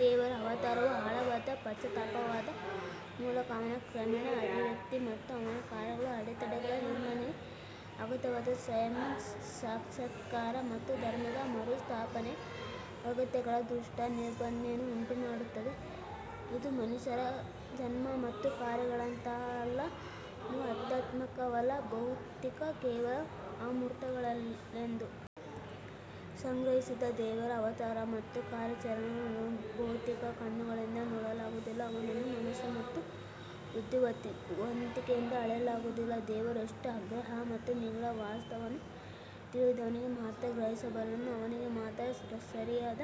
ದೇವರ ಅವತಾರವು ಆಳವಾದ ಪಶ್ಚಾತ್ತಾಪದ ಮೂಲಕ ಅವನ ಕ್ರಮೇಣ ಅಭಿವ್ಯಕ್ತಿ ಮತ್ತು ಅವನ ಕಾರ್ಯಗಳು ಅಡೆತಡೆಗಳ ನಿರ್ಮೂಲನೆಗೆ ಅಗತ್ಯವಾದ ಸ್ವಯಂ ಸಾಕ್ಷಾತ್ಕಾರ ಮತ್ತು ಧರ್ಮದ ಮರುಸ್ಥಾಪನೆಯ ಅಗತ್ಯಗಳ ದುಷ್ಟ ನಿಬಂಧನೆಯನ್ನು ಉಂಟುಮಾಡುತ್ತದೆ, ಇದು ಮನುಷ್ಯರ ಜನ್ಮ ಮತ್ತು ಕಾರ್ಯಗಳಂತಲ್ಲ. ಇವು ಅಧ್ಯಾತ್ಮಿಕವಲ್ಲ ಭೌತಿಕ ಕೇವಲ ಅಮೂರ್ತತೆಗಳೆಂದು ಗ್ರಹಿಸಿದ ದೇವರ ಅವತಾರ ಮತ್ತು ಕಾರ್ಯಾಚರಣೆಗಳನ್ನು ಭೌತಿಕ ಕಣ್ಣುಗಳಿಂದ ನೋಡಲಾಗುವುದಿಲ್ಲ ಅವನನ್ನು ಮನಸ್ಸು ಮತ್ತು ಬುದ್ಧಿವಂತಿಕೆಯಿಂದ ಅಳೆಯಲಾಗುವುದಿಲ್ಲ ದೇವರು ಎಷ್ಟು ಅಗ್ರಾಹ್ಯ ಮತ್ತು ನಿಗೂಢ, ವಾಸ್ತವವನ್ನು ತಿಳಿದವನಿಗೆ ಮಾತ್ರ ಗ್ರಹಿಸಬಲ್ಲನು ಅವನಿಗೆ ಮಾತ್ರ ಸರಿಯಾದ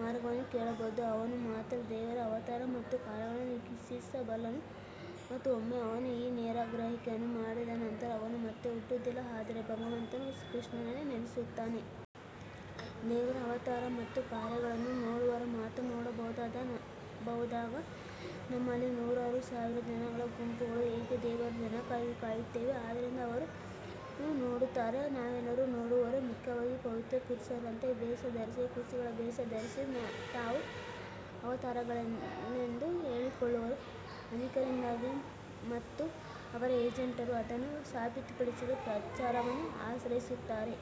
ಮಾರ್ಗವನ್ನು ಕೇಳಬಹುದು ಅವನು ಮಾತ್ರ ದೇವರ ಅವತಾರ ಮತ್ತು ಕಾರ್ಯಗಳನ್ನು ವೀಕ್ಷಿಸಬಲ್ಲನು ಮತ್ತು ಒಮ್ಮೆ ಅವನು ಈ ನೇರ ಗ್ರಹಿಕೆಯನ್ನು ಮಾಡಿದ ನಂತರ ಅವನು ಮತ್ತೆ ಹುಟ್ಟುವುದಿಲ್ಲ ಆದರೆ ಭಗವಂತ ಕೃಷ್ಣನಲ್ಲಿ ನೆಲೆಸುತ್ತಾನೆ. ದೇವರ ಅವತಾರ ಮತ್ತು ಕಾರ್ಯಗಳನ್ನು ನೋಡುವವರು ಮಾತ್ರ ನೋಡಬಹುದಾದಾಗ, ನಮ್ಮಲ್ಲಿ ನೂರಾರು ಸಾವಿರ ಜನರ ಗುಂಪುಗಳು ಏಕೆ ದೇವರ ಜನನಕ್ಕಾಗಿ ಕಾಯುತ್ತಿವೆ, ಆದ್ದರಿಂದ ಅವರು ಅವನನ್ನು ನೋಡುತ್ತಾರೆ ನಾವೆಲ್ಲರೂ ನೋಡುವವರೇ ಮುಖ್ಯವಾಗಿ ಪವಿತ್ರ ಪುರುಷರಂತೆ ವೇಷ ಧರಿಸಿ ಋಷಿಗಳ ವೇಷ ಧರಿಸಿ ತಾವು ಅವತಾರಗಳೆಂದು ಹೇಳಿಕೊಳ್ಳುವವರು ಅನೇಕರಿದ್ದಾರೆ ಮತ್ತು ಅವರ ಏಜೆಂಟರು ಅದನ್ನು ಸಾಬೀತುಪಡಿಸಲು ಪ್ರಚಾರವನ್ನು ಆಶ್ರಯಿಸುತ್ತಾರೆ.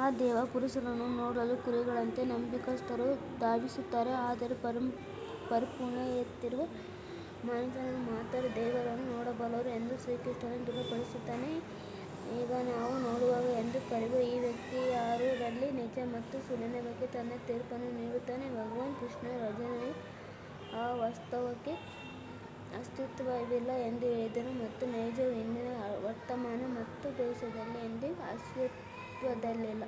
ಈ ದೇವ ಪುರುಷರನ್ನು ನೋಡಲು ಕುರಿಗಳಂತೆ ನಂಬಿಗಸ್ತರು ಧಾವಿಸುತ್ತಾರೆ ಆದರೆ ಪರಿಪೂರ್ಣತೆಯಿರುವ ಮನುಷ್ಯರು ಮಾತ್ರ ದೇವರನ್ನು ನೋಡಬಲ್ಲರು ಎಂದು ಶ್ರೀಕೃಷ್ಣನು ದೃಢಪಡಿಸುತ್ತಾನೆ. ಈಗ ನಾವು ನೋಡುಗ ಎಂದು ಕರೆಯುವ ಈ ವ್ಯಕ್ತಿ ಯಾರು ರಲ್ಲಿ ನಿಜ ಮತ್ತು ಸುಳ್ಳಿನ ಬಗ್ಗೆ ತನ್ನ ತೀರ್ಪನ್ನು ನೀಡುತ್ತಾ ಭಗವಾನ್ ಕೃಷ್ಣನು ಅರ್ಜುನನಿಗೆ ಅವಾಸ್ತವಕ್ಕೆ ಅಸ್ತಿತ್ವವಿಲ್ಲ ಎಂದು ಹೇಳಿದನು ಮತ್ತು ನೈಜವು ಹಿಂದಿನ ವರ್ತಮಾನ ಮತ್ತು ಭವಿಷ್ಯದಲ್ಲಿ ಎಂದಿಗೂ ಅಸ್ತಿತ್ವದಲ್ಲಿಲ್ಲ.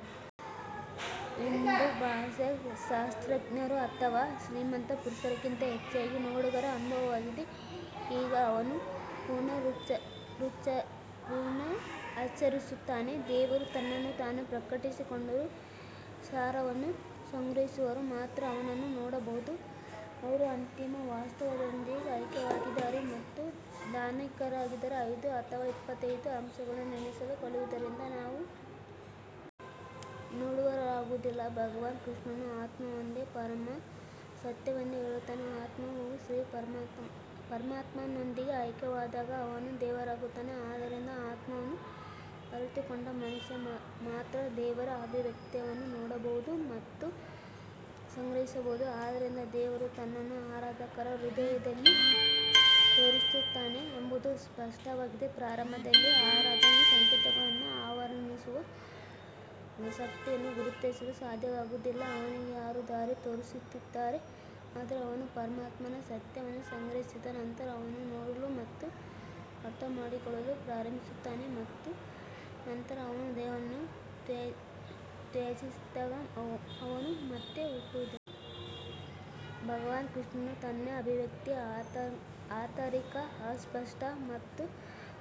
ಇದು ಭಾಷಾಶಾಸ್ತ್ರಜ್ಞರು ಅಥವಾ ಶ್ರೀಮಂತ ಪುರುಷರಿಗಿಂತ ಹೆಚ್ಚಾಗಿ ನೋಡುಗರ ಅನುಭವವಾಗಿದೆ ಈಗ ಅವನು ಪುನರುಚ್ಚರಿಸುತ್ತಾನೆ, ದೇವರು ತನ್ನನ್ನು ತಾನು ಪ್ರಕಟಿಸಿಕೊಂಡರೂ, ಸಾರವನ್ನು ಗ್ರಹಿಸುವವರು ಮಾತ್ರ ಅವನನ್ನು ನೋಡಬಹುದು ಅವರು ಅಂತಿಮ ವಾಸ್ತವದೊಂದಿಗೆ ಐಕ್ಯವಾಗಿದ್ದಾರೆ ಮತ್ತು ದಾರ್ಶನಿಕರಾಗಿದ್ದಾರೆ ಐದು ಅಥವಾ ಇಪ್ಪತ್ತೈದು ಅಂಶಗಳನ್ನು ಎಣಿಸಲು ಕಲಿಯುವುದರಿಂದ ನಾವು ನೋಡುವವರಾಗುವುದಿಲ್ಲ ಭಗವಾನ್ ಕೃಷ್ಣನು ಆತ್ಮವೊಂದೇ ಪರಮ ಸತ್ಯವೆಂದು ಹೇಳುತ್ತಾನೆ ಆತ್ಮವು ಈ ಪರಮಾತ್ಮನೊಂದಿಗೆ ಐಕ್ಯವಾದಾಗ ಅವನೂ ದೇವರಾಗುತ್ತಾನೆ ಆದ್ದರಿಂದ ಆತ್ಮವನ್ನು ಅರಿತುಕೊಂಡ ಮನುಷ್ಯ ಮಾತ್ರ ದೇವರ ಅಭಿವ್ಯಕ್ತಿಯನ್ನು ನೋಡಬಹುದು ಮತ್ತು ಗ್ರಹಿಸಬಹುದು ಆದ್ದರಿಂದ ದೇವರು ತನ್ನನ್ನು ಆರಾಧಕರ ಹೃದಯದಲ್ಲಿ ತೋರಿಸುತ್ತಾನೆ ಎಂಬುದು ಸ್ಪಷ್ಟವಾಗಿದೆ ಪ್ರಾರಂಭದಲ್ಲಿ ಆರಾಧಕನಿಗೆ ಸಂಕೇತಗಳನ್ನು ರವಾನಿಸುವ ಶಕ್ತಿಯನ್ನು ಗುರುತಿಸಲು ಸಾಧ್ಯವಾಗುವುದಿಲ್ಲ ಅವನಿಗೆ ಯಾರು ದಾರಿ ತೋರಿಸುತ್ತಿದ್ದಾರೆ ಆದರೆ ಅವನು ಪರಮಾತ್ಮನ ಸತ್ಯವನ್ನು ಗ್ರಹಿಸಿದ ನಂತರ ಅವನು ನೋಡಲು ಮತ್ತು ಅರ್ಥಮಾಡಿಕೊಳ್ಳಲು ಪ್ರಾರಂಭಿಸುತ್ತಾನೆ ಮತ್ತು ನಂತರ ಅವನು ದೇಹವನ್ನು ತ್ಯಜಿಸಿದಾಗ ಅವನು ಮತ್ತೆ ಹುಟ್ಟುವುದಿಲ್ಲ. ಭಗವಾನ್ ಕೃಷ್ಣನು ತನ್ನ ಅಭಿವ್ಯಕ್ತಿ ಆಂತರಿಕ ಅಸ್ಪಷ್ಟ ಮತ್ತು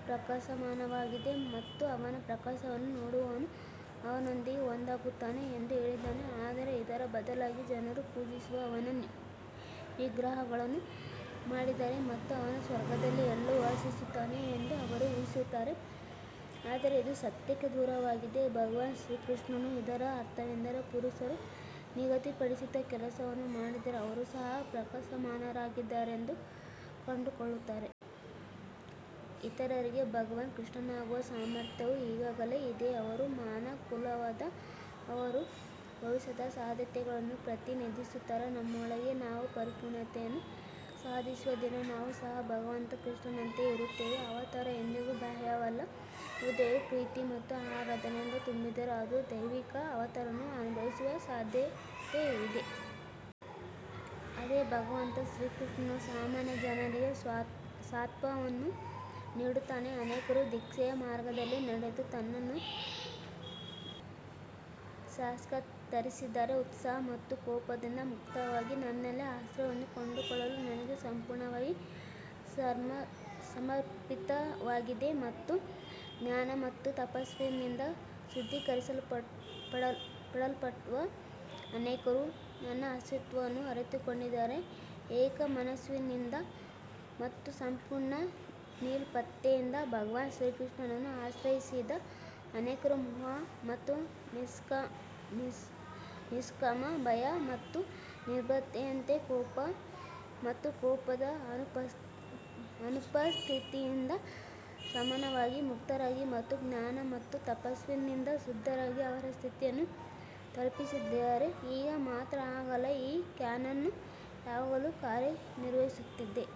ಪ್ರಕಾಶಮಾನವಾಗಿದೆ ಮತ್ತು ಅವನ ಪ್ರಕಾಶವನ್ನು ನೋಡುವವನು ಅವನೊಂದಿಗೆ ಒಂದಾಗುತ್ತಾನೆ ಎಂದು ಹೇಳಿದ್ದಾನೆ. ಆದರೆ ಇದರ ಬದಲಾಗಿ ಜನರು ಪೂಜಿಸುವ ಅವನ ವಿಗ್ರಹಗಳನ್ನು ಮಾಡಿದ್ದಾರೆ ಮತ್ತು ಅವನು ಸ್ವರ್ಗದಲ್ಲಿ ಎಲ್ಲೋ ವಾಸಿಸುತ್ತಾನೆ ಎಂದು ಅವರು ಊಹಿಸುತ್ತಾರೆ. ಆದರೆ ಇದು ಸತ್ಯಕ್ಕೆ ದೂರವಾಗಿದೆ ಭಗವಾನ್ ಶ್ರೀಕೃಷ್ಣನು ಇದರ ಅರ್ಥವೇನೆಂದರೆ, ಪುರುಷರು ನಿಗದಿಪಡಿಸಿದ ಕೆಲಸವನ್ನು ಮಾಡಿದರೆ ಅವರು ಸಹ ಪ್ರಕಾಶಮಾನರಾಗಿದ್ದಾರೆಂದು ಕಂಡುಕೊಳ್ಳುತ್ತಾರೆ. ಇತರರಿಗೆ ಭಗವಾನ್ ಕೃಷ್ಣನಾಗುವ ಸಾಮರ್ಥ್ಯವು ಈಗಾಗಲೇ ಇದೆ ಅವರು ಮಾನವಕುಲದ ಅವರ ಭವಿಷ್ಯದ ಸಾಧ್ಯತೆಗಳನ್ನು ಪ್ರತಿನಿಧಿಸುತ್ತಾರೆ ನಮ್ಮೊಳಗೆ ನಾವು ಪರಿಪೂರ್ಣತೆಯನ್ನು ಸಾಧಿಸುವ ದಿನ ನಾವು ಸಹ ಭಗವಂತ ಕೃಷ್ಣನಂತೆಯೇ ಇರುತ್ತೇವೆ. ಅವತಾರ ಎಂದಿಗೂ ಬಾಹ್ಯವಲ್ಲ ಹೃದಯವು ಪ್ರೀತಿ ಮತ್ತು ಆರಾಧನೆಯಿಂದ ತುಂಬಿದ್ದರೆ ಅದು ದೈವಿಕ ಅವತಾರವನ್ನು ಅನುಭವಿಸುವ ಸಾಧ್ಯತೆಯಿದೆ. ಅದೇ ಭಗವಂತ ಶ್ರೀಕೃಷ್ಣನು ಸಾಮಾನ್ಯ ಜನರಿಗೆ ಸಾಂತ್ವನವನ್ನು ನೀಡುತ್ತಾನೆ ಅನೇಕರು ದೀಕ್ಷೆಯ ಮಾರ್ಗದಲ್ಲಿ ನಡೆದು ತನ್ನನ್ನು ಸಾಕ್ಷಾತ್ಕರಿಸಿದ್ದಾರೆ. ಉತ್ಸಾಹ ಮತ್ತು ಕೋಪದಿಂದ ಮುಕ್ತವಾಗಿ ನನ್ನಲ್ಲಿ ಆಶ್ರಯವನ್ನು ಕಂಡುಕೊಳ್ಳಲು ನನಗೆ ಸಂಪೂರ್ಣವಾಗಿ ಸಮರ್ಪಿತವಾಗಿದೆ ಮತ್ತು ಜ್ಞಾನ ಮತ್ತು ತಪಸ್ಸಿನಿಂದ ಶುದ್ಧೀಕರಿಸಲ್ಪಟ್ಟ ಅನೇಕರು ನನ್ನ ಅಸ್ತಿತ್ವವನ್ನು ಅರಿತುಕೊಂಡಿದ್ದಾರೆ. ಏಕಮನಸ್ಸಿನಿಂದ ಮತ್ತು ಸಂಪೂರ್ಣ ನಿರ್ಲಿಪ್ತತೆಯಿಂದ ಭಗವಾನ್ ಶ್ರೀಕೃಷ್ಣನನ್ನು ಆಶ್ರಯಿಸಿದ ಅನೇಕರು ಮೋಹ ಮತ್ತು ನಿಷ್ಕಾಮ ಭಯ ಮತ್ತು ನಿರ್ಭಯತೆ ಕೋಪ ಮತ್ತು ಕೋಪದ ಅನುಪಸ್ಥಿತಿಯಿಂದ ಸಮಾನವಾಗಿ ಮುಕ್ತರಾಗಿ ಮತ್ತು ಜ್ಞಾನ ಮತ್ತು ತಪಸ್ಸಿನಿಂದ ಶುದ್ಧರಾಗಿ ಅವರ ಸ್ಥಿತಿಯನ್ನು ತಲುಪಿದ್ದಾರೆ. ಈಗ ಮಾತ್ರ ಹಾಗಲ್ಲ ಈ ಕ್ಯಾನನ್ ಯಾವಾಗಲೂ ಕಾರ್ಯನಿರ್ವಹಿಸುತ್ತಿದೆ.